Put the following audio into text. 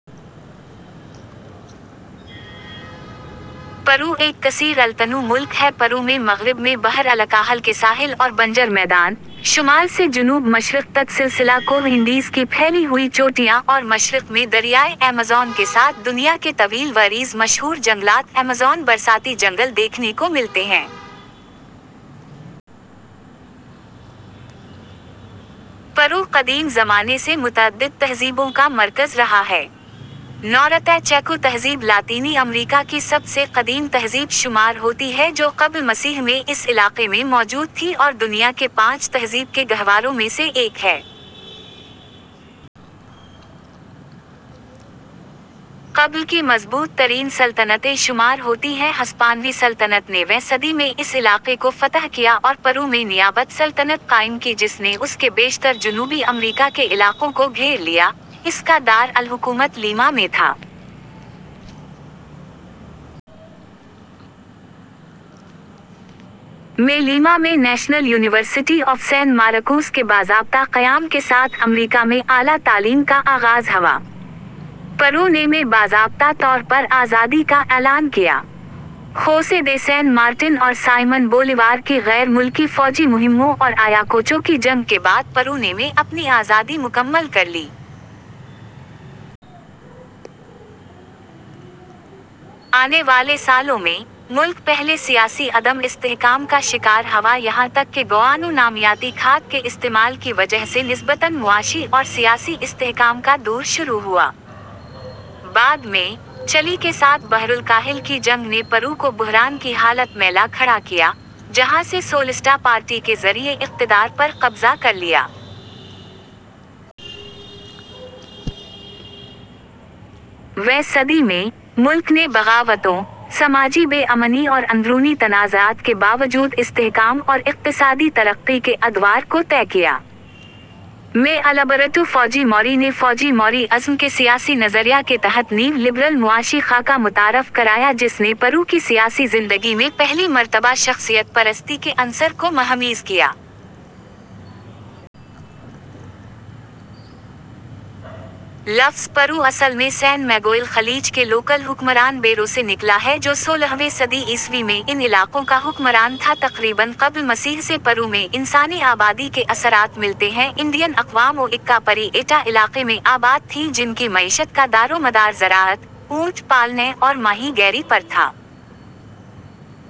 پیرو ایک کثیر التنوع ملک ہے پیرو میں مغرب میں بحر الکاہل کے ساحل اور بنجر میدان، شمال سے جنوب مشرق تک سلسلہ کوہ انڈیز کی پھیلی ہوئی چوٹیاں اور مشرق میں دریائے ایمیزون کے ساتھ دنیا کے طویل وعریض مشہور جنگلات ایمیزون برساتی جنگل دیکھنے کو ملتے ہیں۔ پیرو قدیم زمانے سے متعدد تہذیبوں کا مرکز رہا ہے۔ نورتے چیکو تہذیب لاطینی امریکا کی سب سے قدیم تہذیب شمار ہوتی ہے جو قبل مسیح میں اس علاقے میں موجود تھی اور دنیا کے پانچ تہذیب کے گہواروں میں سے ایک ہے۔ قبل کی مضبوط ترین سلطنتیں شمار ہوتی ہیں ہسپانوی سلطنت نے ویں صدی میں اس علاقے کو فتح کیا اور پیرو میں نیابت سلطنت قائم کی جس نے اس کے بیشتر جنوبی امریکا کے علاقوں کو گھیر لیا، اس کا دار الحکومت لیما میں تھا۔ میں لیما میں National University of San Marcos کے باضابطہ قیام کے ساتھ امریکا میں اعلیٰ تعلیم کا آغاز ہوا۔ پیرو نے میں باضابطہ طور پر آزادی کا اعلان کیا۔ خوسے دے سان مارٹن اور سائمن بولیوار کی غیر ملکی فوجی مہموں اور آیاکوچو کی جنگ کے بعد پیرو نے میں اپنی آزادی مکمل کر لی۔ آنے والے سالوں میں، ملک پہلے سیاسی عدم استحکام کا شکار ہوا یہاں تک کہ گوآنو نامیاتی کھاد کے استعمال کی وجہ سے نسبتاً معاشی اور سیاسی استحکام کا دور شروع ہوا۔ بعد میں، چلی کے ساتھ بحرالکاہل کی جنگ نے پیرو کو بحران کی حالت میں لا کھڑا کیا، جہاں سے سولسٹا پارٹی کے ذریعے اقتدار پر قبضہ کر لیا۔ ویں صدی میں، ملک نے بغاوتوں، سماجی بے امنی اور اندرونی تنازعات کے باوجود استحکام اور اقتصادی ترقی کے ادوار کو طے کیا۔ میں البرٹو فوجی موری نے فوجی موری ازم کے سیاسی نظریہ کے تحت نیو لبرل معاشی خاکہ متعارف کرایا جس نے پیرو کی سیاسی زندگی میں پہلی مرتبہ شخصیت پرستی کے عنصر کو مہمیز کیا۔ لفظ پیرو اصل میں سان میگوئل خلیج کے لوکل حکمران بیرو سے نکلا ہے جو سولہویں صدی عیسوی میں ان علاقوں کا حکمران تھا تقریباً قبل مسیح سے پیرو میں انسانی آبادی کے اثرات ملتے ہیں انڈین اقوام او اکا پری ایٹا علاقے میں آباد تھیں جن کی معیشت کا دارومدار زراعت، اونٹ پالنے اور ماہی گیری پر تھا۔